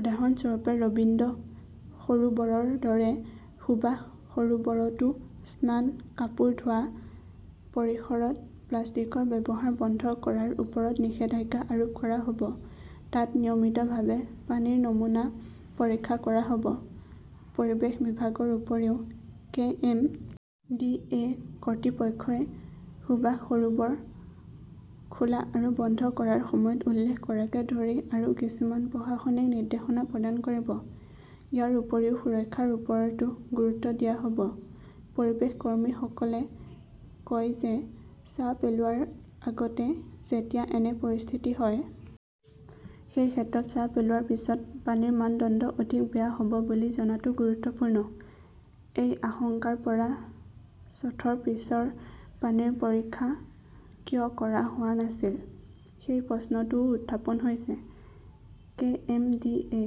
উদাহৰণস্বৰূপে, ৰবীন্দ্ৰ সৰোবৰৰ দৰে সুভাষ সৰোবৰতো স্নান, কাপোৰ ধোৱা, পৰিসৰত প্লাষ্টিকৰ ব্যৱহাৰ বন্ধ কৰাৰ ওপৰত নিষেধাজ্ঞা আৰোপ কৰা হ 'ব। তাত নিয়মিতভাৱে পানীৰ নমুনা পৰীক্ষা কৰা হ "ব। পৰিৱেশ বিভাগৰ উপৰিও, কে. এম. ডি. এ. কৰ্তৃপক্ষই সুভাষ সৰোবৰ খোলা আৰু বন্ধ কৰাৰ সময়ত উল্লেখ কৰাকে ধৰি আৰু কিছুমান প্ৰশাসনিক নিৰ্দেশনা প্ৰদান কৰিব। ইয়াৰ উপৰিও সুৰক্ষাৰ ওপৰতো গুৰুত্ব দিয়া হ "ব। পৰিৱেশ কৰ্মীসকলে কয় যে ছাঁ পেলোৱাৰ আগতে যেতিয়া এনে পৰিস্থিতি হয়। সেই ক্ষেত্ৰত ছাঁ পেলোৱাৰ পিছত পানীৰ মানদণ্ড অধিক বেয়া হ "ব বুলি জনাটো গুৰুত্বপূৰ্ণ। এই আশংকাৰ পৰা ছথৰ পিছৰ পানীৰ পৰীক্ষা কিয় কৰা হোৱা নাছিল? সেই প্ৰশ্নটোও উত্থাপন হৈছে। কে. এম. ডি. এ.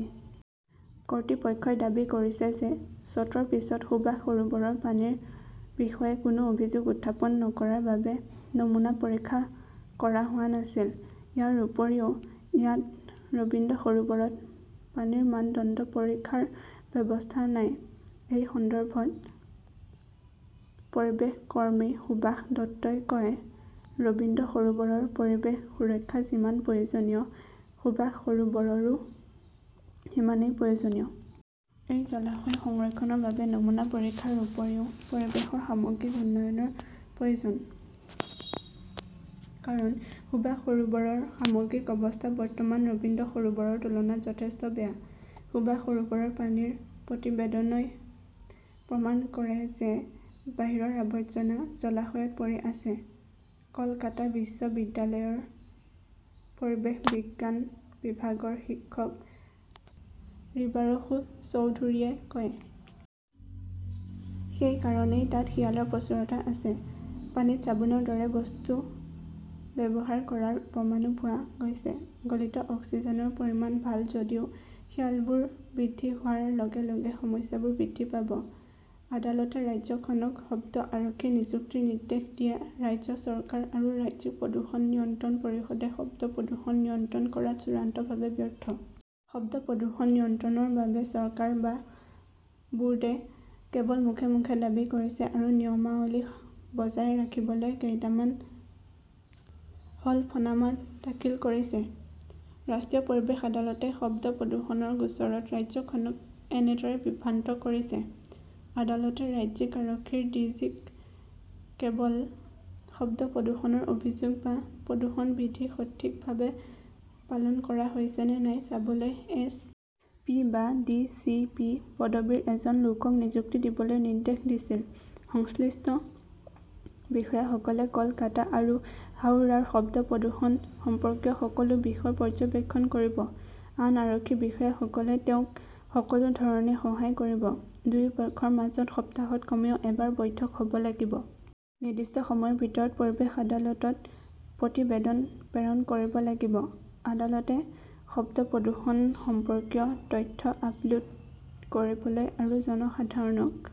কৰ্তৃপক্ষই দাবী কৰিছে যে শ্বটৰ পিছত সুভাষ সৰোবৰৰ পানীৰ বিষয়ে কোনো অভিযোগ উত্থাপন নকৰাৰ বাবে নমুনা পৰীক্ষা কৰা হোৱা নাছিল। ইয়াৰ উপৰিও ইয়াত ৰবীন্দ্ৰ সৰোবৰত পানীৰ মানদণ্ড পৰীক্ষাৰ ব্যৱস্থা নাই। এই সন্দৰ্ভত পৰিৱেশ কৰ্মী সুভাষ দত্তই কয়, "ৰবীন্দ্ৰ সৰোবৰৰ পৰিৱেশ সুৰক্ষা যিমান প্ৰয়োজনীয়, সুভাষ সৰোবৰৰো সিমানেই প্ৰয়োজনীয়। এই জলাশয় সংৰক্ষণৰ বাবে নমুনা পৰীক্ষাৰ উপৰিও পৰিৱেশৰ সামগ্ৰিক উন্নয়নৰ প্ৰয়োজন। কাৰণ, সুভাষ সৰোবৰৰ সামগ্ৰিক অৱস্থা বৰ্তমান ৰবীন্দ্ৰ সৰোবৰৰ তুলনাত যথেষ্ট বেয়া। "সুভাষ সৰোবৰৰ পানীৰ প্ৰতিবেদনই প্ৰমাণ কৰে যে বাহিৰৰ আৱৰ্জনা জলাশয়ত পৰি আছে", কলকাতা বিশ্ববিদ্যালয়ৰ পৰিৱেশ বিজ্ঞান বিভাগৰ শিক্ষক ৰিবাৰসু চৌধুৰীয়ে কয়। সেই কাৰণেই তাত শিয়ালৰ প্ৰচুৰতা আছে। পানীত চাবোনৰ দৰে বস্তু ব্যৱহাৰ কৰাৰ প্ৰমাণও পোৱা গৈছে। গলিত অক্সিজেনৰ পৰিমাণ ভাল যদিও শিয়ালবোৰ বৃদ্ধি হোৱাৰ লগে লগে সমস্যাবোৰ বৃদ্ধি পাব। "। আদালতে ৰাজ্যখনক শব্দ-আৰক্ষী নিযুক্তিৰ নিৰ্দেশ দিয়ে ৰাজ্য চৰকাৰ আৰু ৰাজ্যিক প্ৰদূষণ নিয়ন্ত্ৰণ পৰিষদে শব্দ প্ৰদূষণ নিয়ন্ত্ৰণ কৰাত 'চূড়ান্তভাৱে ব্যৰ্থ'। শব্দ প্ৰদূষণ নিয়ন্ত্ৰণৰ বাবে চৰকাৰ বা বোৰ্ডে কেৱল মুখে মুখে দাবী কৰিছে আৰু নিয়মাৱলী বজাই ৰাখিবলৈ কেইটামান হলফনামা দাখিল কৰিছে। ৰাষ্ট্ৰীয় পৰিৱেশ আদালতে শব্দ প্ৰদূষণৰ গোচৰত ৰাজ্যখনক এনেদৰে বিভ্ৰান্ত কৰিছে। আদালতে ৰাজ্যিক আৰক্ষীৰ ডিজি-ক কেৱল শব্দ প্ৰদূষণৰ অভিযোগ বা প্ৰদূষণ বিধি সঠিকভাৱে পালন কৰা হৈছে নে নাই চাবলৈ এছ. পি. বা ডি. চি. পি. পদবীৰ এজন লোকক নিযুক্তি দিবলৈ নিৰ্দেশ দিছিল। সংশ্লিষ্ট বিষয়াসকলে কলকাতা আৰু হাওড়াৰ শব্দ প্ৰদূষণ সম্পৰ্কীয় সকলো বিষয় পৰ্যবেক্ষণ কৰিব। আন আৰক্ষী বিষয়াসকলে তেওঁক সকলো ধৰণে সহায় কৰিব। দুয়োপক্ষৰ মাজত সপ্তাহত কমেও এবাৰ বৈঠক হ "ব লাগিব। নিৰ্দিষ্ট সময়ৰ ভিতৰত পৰিৱেশ আদালতত প্ৰতিবেদন প্ৰেৰণ কৰিব লাগিব। আদালতে শব্দ প্ৰদূষণ সম্পৰ্কীয় তথ্য আপলোড কৰিবলৈ আৰু জনসাধাৰণক